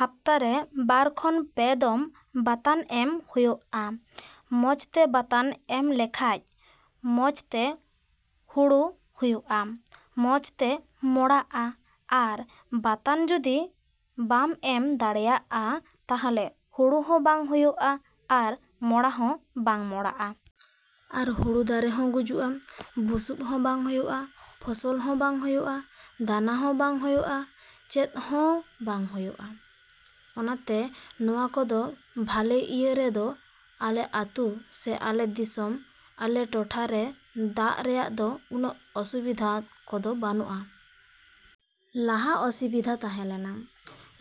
ᱦᱟᱯᱛᱟᱨᱮ, ᱵᱟᱨ ᱠᱷᱚᱱ ᱯᱮ ᱫᱚᱢ ᱵᱟᱛᱟᱱ ᱮᱢ ᱞᱟᱜᱟᱜᱼᱟ᱾ ᱢᱚᱡᱽ ᱛᱮ ᱵᱟᱛᱟᱱ ᱮᱢ ᱞᱮᱠᱷᱟᱡ ᱢᱚᱡᱽ ᱛᱮ ᱦᱩᱲᱩ ᱦᱩᱭᱩᱜ-ᱟ, ᱢᱚᱡᱽ ᱛᱮ ᱢᱚᱲᱟᱜᱼᱟ᱾ ᱟᱨ ᱵᱟᱛᱟᱱ ᱡᱩᱫᱤ ᱵᱟᱢ ᱮᱢ ᱫᱟᱲᱮᱭᱟᱜᱼᱟ ᱛᱟᱦᱚᱞᱮ ᱦᱩᱲᱩ ᱦᱚᱸ ᱵᱟᱝ ᱦᱩᱭᱩᱜᱼᱟ ᱟᱨ ᱢᱚᱲᱟ ᱦᱚᱸ ᱵᱟᱝ ᱢᱚᱲᱟᱜᱼᱟ᱾ ᱟᱨ ᱦᱩᱲᱩ ᱫᱟᱨᱮ ᱦᱚᱸ ᱜᱩᱡᱩᱜᱼᱟ, ᱵᱩᱥᱩᱵ ᱦᱚᱸ ᱵᱟᱝ ᱦᱩᱭᱩᱜᱼᱟ, ᱯᱷᱚᱥᱚᱞ ᱦᱚᱸ ᱵᱟᱝ ᱦᱩᱭᱩᱜᱼᱟ, ᱫᱟᱱᱟ ᱦᱚᱸ ᱵᱟᱝ ᱦᱩᱭᱩᱜᱼᱟ, ᱪᱮᱫ ᱦᱚᱸ ᱵᱟᱝ ᱦᱩᱭᱩᱜᱼᱟ᱾ ᱚᱱᱟᱛᱮ ᱱᱚᱣᱟ ᱠᱚ ᱵᱷᱟᱞᱮ, ᱤᱭᱟᱹ ᱨᱮᱫᱚ, ᱟᱞᱮ ᱟᱹᱛᱩ ᱥᱮ ᱟᱞᱮ ᱫᱤᱥᱚᱢ, ᱟᱞᱮ ᱴᱚᱴᱷᱟ ᱨᱮ ᱫᱟᱜ ᱨᱮᱭᱟᱜ ᱫᱚ ᱩᱱᱟᱹᱜ ᱚᱥᱩᱵᱤᱫᱷᱟ ᱠᱚᱫᱚ ᱵᱟᱹᱱᱩᱜᱼᱟ᱾ ᱞᱟᱦᱟ ᱚᱥᱤᱵᱤᱫᱷᱟ ᱛᱟᱦᱮᱸ ᱞᱮᱱᱟ,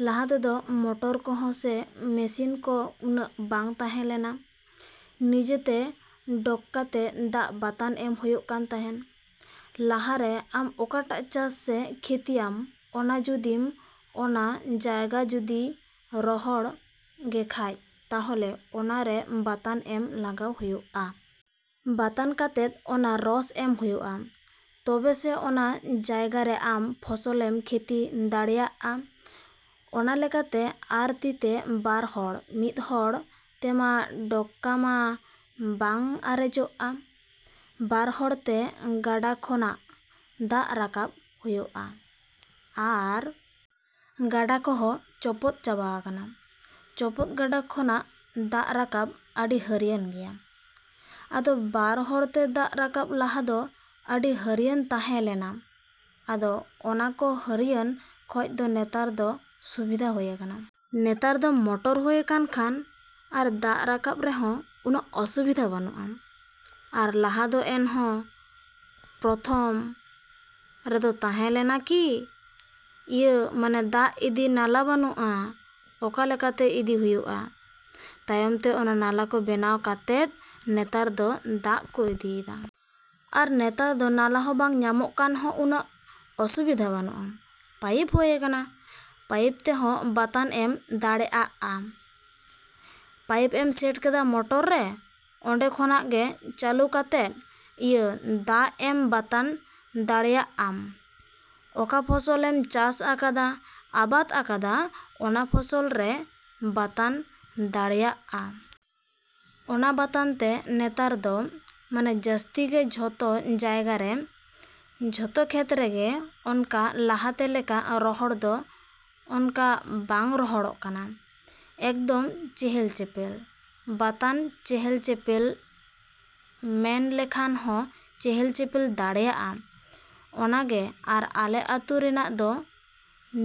ᱞᱟᱦᱟ ᱛᱮᱫᱚ ᱢᱚᱴᱚᱨ ᱠᱚᱦᱚᱸ ᱥᱮ ᱢᱮᱥᱤᱱ ᱠᱚ ᱩᱱᱟᱹᱜ ᱵᱟᱝ ᱛᱟᱦᱮᱸ ᱞᱮᱱᱟ᱾ ᱱᱤᱡᱮ ᱛᱮ ᱰᱚᱠᱠᱟ ᱛᱮ ᱫᱟᱜ ᱵᱟᱛᱟᱱ ᱮᱢ ᱦᱩᱭᱩᱜ ᱠᱟᱱ ᱛᱟᱦᱮᱸᱱ᱾ ᱞᱟᱦᱟᱨᱮ ᱟᱢ ᱚᱠᱟᱴᱟᱜ ᱪᱟᱥ ᱥᱮ ᱠᱷᱮᱛᱤᱭᱟᱢ, ᱚᱱᱟ ᱡᱩᱫᱤᱢ, ᱚᱱᱟ ᱡᱟᱭᱜᱟ ᱡᱩᱫᱤ ᱨᱚᱦᱚᱲ ᱜᱮᱠᱷᱟᱡ ᱛᱟᱦᱚᱞᱮ ᱚᱱᱟᱨᱮ ᱵᱟᱛᱟᱱ ᱮᱢ ᱞᱟᱜᱟᱣ ᱦᱩᱭᱩᱜᱼᱟ᱾ ᱵᱟᱛᱟᱱ ᱠᱟᱛᱮᱫ ᱚᱱᱟ ᱨᱚᱥ ᱮᱢ ᱦᱩᱭᱩᱜᱼᱟ ᱛᱚᱵᱮ ᱥᱮ ᱚᱱᱟ ᱡᱟᱭᱜᱟ ᱨᱮ ᱟᱢ ᱯᱷᱚᱥᱚᱞᱮᱢ ᱠᱷᱮᱛᱤ ᱫᱟᱲᱮᱭᱟᱜᱼᱟ᱾ ᱚᱱᱟ ᱞᱮᱠᱟᱛᱮ ᱟᱨ ᱛᱤᱛᱮ ᱵᱟᱨ ᱦᱚᱲ, ᱢᱤᱫ ᱦᱚᱲ ᱛᱮᱢᱟ ᱰᱚᱠᱠᱟ ᱢᱟ ᱵᱟᱝ ᱟᱨᱮᱡᱚᱜᱼᱟ᱾ ᱵᱟᱨ ᱦᱚᱲ ᱛᱮ ᱜᱟᱰᱟ ᱠᱷᱚᱱᱟᱜ, ᱫᱟᱜ ᱨᱟᱠᱟᱵ ᱦᱩᱭᱩᱜ ᱟ ᱾ᱟᱨ ᱜᱟᱰᱟ ᱠᱚᱦᱚ ᱪᱚᱯᱚᱫ ᱪᱟᱵᱟ ᱠᱟᱱᱟ᱾ ᱪᱚᱯᱚᱫ ᱜᱟᱰᱟ ᱠᱷᱚᱱᱟᱜ ᱫᱟᱜ ᱨᱟᱠᱟᱵ ᱟᱹᱰᱤ ᱦᱟᱹᱨᱭᱟᱹᱱ ᱜᱮᱭᱟ᱾ ᱟᱫᱚ ᱵᱟᱨ ᱦᱚᱲ ᱛᱮ ᱫᱟᱜ ᱨᱟᱠᱟᱵ ᱞᱟᱦᱟ ᱫᱚ ᱟᱹᱰᱤ ᱦᱟᱹᱨᱭᱟᱹᱱ ᱛᱟᱦᱮᱸ ᱞᱮᱱᱟ᱾ ᱟᱫᱚ ᱚᱱᱟ ᱠᱚ ᱦᱟᱹᱨᱭᱟᱹᱱ ᱠᱷᱚᱡ ᱫᱚ ᱱᱮᱛᱟᱨ ᱫᱚ ᱥᱩᱵᱤᱫᱷᱟ ᱦᱩᱭ ᱟᱠᱟᱱᱟ᱾ ᱱᱮᱛᱟᱨ ᱫᱚ ᱢᱚᱴᱚᱨ ᱦᱩᱭ ᱠᱟᱱ ᱠᱷᱟᱱ ᱟᱨ ᱫᱟᱜ ᱨᱟᱠᱟᱵ ᱨᱮᱦᱚᱸ ᱩᱱᱟᱹᱜ ᱚᱥᱩᱵᱤᱫᱷᱟ ᱵᱟᱹᱱᱩᱜᱼᱟ᱾ ᱟᱨ ᱞᱟᱦᱟ ᱫᱚ ᱮᱱᱦᱚᱸ ᱯᱨᱚᱛᱷᱚᱢ ᱨᱮᱫᱚ ᱛᱟᱦᱮᱸ ᱞᱮᱱᱟ ᱠᱤ ᱤᱭᱟᱹ ᱢᱟᱱᱮ ᱫᱟᱜ ᱤᱫᱤ ᱱᱟᱞᱟ ᱵᱟᱹᱱᱩᱜᱼᱟ, ᱚᱠᱟ ᱞᱮᱠᱟᱛᱮ ᱤᱫᱤ ᱦᱩᱭᱩᱜᱼᱟ᱾ ᱛᱟᱭᱚᱢ ᱛᱮ ᱚᱱᱟ ᱱᱟᱞᱟ ᱠᱚ ᱵᱮᱱᱟᱣ ᱠᱟᱛᱮᱫ ᱱᱮᱛᱟᱨ ᱫᱚ ᱫᱟᱜ ᱠᱚ ᱤᱫᱤᱭᱮᱫᱟ᱾ ᱟᱨ ᱱᱮᱛᱟᱨ ᱫᱚ ᱱᱟᱞᱟ ᱦᱚᱸ ᱵᱟᱝ ᱧᱟᱢᱚᱜ ᱠᱷᱟᱱ ᱦᱚᱸ ᱩᱱᱟᱹᱜ ᱚᱥᱩᱵᱤᱫᱷᱟ ᱵᱟᱹᱱᱩᱜᱼᱟ, ᱯᱟᱭᱤᱯ ᱦᱩᱭ ᱠᱟᱱᱟ᱾ ᱯᱟᱭᱤᱯ ᱛᱮᱦᱚᱸ ᱵᱟᱛᱟᱱ ᱮᱢ ᱫᱟᱲᱮᱟᱜᱼᱟ᱾ ᱯᱟᱭᱤᱯ ᱮᱢ ᱥᱮᱴ ᱠᱮᱫᱟ ᱢᱚᱴᱚᱨ ᱨᱮ, ᱚᱸᱰᱮ ᱠᱷᱚᱱᱟᱜ ᱜᱮ ᱪᱟᱹᱞᱩ ᱠᱟᱛᱮᱜ ᱤᱭᱟᱹ ᱫᱟᱜ ᱮᱢ ᱵᱟᱛᱟᱱ ᱫᱟᱲᱮᱜᱼᱟᱢ ᱚᱠᱟ ᱯᱷᱚᱥᱚᱞ ᱮᱢ ᱪᱟᱥ ᱟᱠᱟᱫᱟ, ᱟᱵᱟᱫ ᱟᱠᱟᱫᱟ ᱚᱱᱟ ᱯᱷᱚᱥᱚᱞ ᱨᱮ ᱵᱟᱛᱟᱱ ᱫᱟᱲᱮᱭᱟᱜᱼᱟ᱾ ᱚᱱᱟ ᱵᱟᱛᱟᱱ ᱛᱮ ᱱᱮᱛᱟᱨ ᱫᱚ ᱢᱟᱱᱮ ᱡᱟᱹᱥᱛᱤ ᱜᱮ ᱡᱚᱛᱚ ᱡᱟᱭᱜᱟ ᱨᱮ, ᱡᱚᱛᱚ ᱠᱷᱮᱛ ᱨᱮᱜᱮ ᱚᱱᱠᱟ ᱞᱟᱦᱟᱛᱮ ᱞᱮᱠᱟ ᱨᱚᱦᱚᱲ ᱫᱚ ᱚᱱᱠᱟ ᱵᱟᱝ ᱨᱚᱦᱚᱲᱚᱜ ᱠᱟᱱᱟ᱾ ᱮᱠᱫᱚᱢ ᱪᱮᱦᱮᱞᱼᱪᱮᱯᱮᱞ, ᱵᱟᱛᱟᱱ ᱪᱮᱦᱮᱞᱼᱪᱮᱯᱮᱞ ᱢᱮᱱ ᱞᱮᱠᱷᱟᱡ ᱦᱚᱸ ᱪᱮᱦᱮᱞᱼᱪᱮᱯᱮᱞ ᱫᱟᱲᱮᱭᱟᱜᱼᱟ᱾ ᱚᱱᱟ ᱜᱮ, ᱟᱨ ᱟᱞᱮ ᱟᱹᱛᱩ ᱨᱮᱭᱟᱜ ᱫᱚ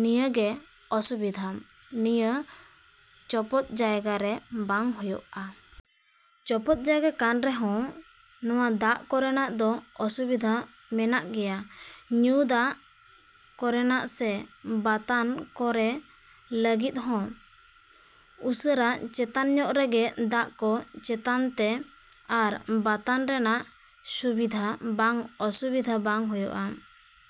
ᱱᱤᱭᱟᱹ ᱜᱮ ᱚᱥᱩᱵᱤᱫᱷᱟ ᱤᱱᱟᱹᱜ ᱪᱚᱯᱚᱫ ᱡᱟᱭᱜᱟ ᱨᱮ ᱵᱟᱝ ᱦᱩᱭᱩᱜᱼᱟ᱾ ᱪᱚᱯᱚᱫ ᱡᱟᱭᱜᱟ ᱠᱟᱱ ᱨᱮᱦᱚᱸ ᱱᱚᱣᱟ ᱫᱟᱜ ᱠᱚᱨᱮᱱᱟᱜ ᱫᱚ ᱚᱥᱩᱵᱤᱫᱷᱟ ᱢᱮᱱᱟᱜ ᱜᱮᱭᱟ ᱧᱩ ᱫᱟᱜ ᱠᱚᱨᱮᱱᱟᱜ ᱥᱮ ᱵᱟᱛᱟᱱ ᱠᱚᱨᱮ ᱞᱟᱹᱜᱤᱫ ᱦᱚᱸ ᱩᱥᱟᱹᱨᱟ ᱪᱮᱛᱟᱱ ᱧᱚᱜ ᱨᱮᱜᱮ ᱫᱟᱜ ᱠᱚ ᱪᱮᱛᱟᱱ ᱛᱮ ᱟᱨ ᱵᱟᱛᱟᱱ ᱨᱮᱭᱟᱜ ᱥᱩᱵᱤᱫᱷᱟ, ᱵᱟᱝ ᱚᱥᱩᱵᱤᱫᱷᱟ ᱵᱟᱝ ᱦᱩᱭᱩᱜᱼᱟ᱾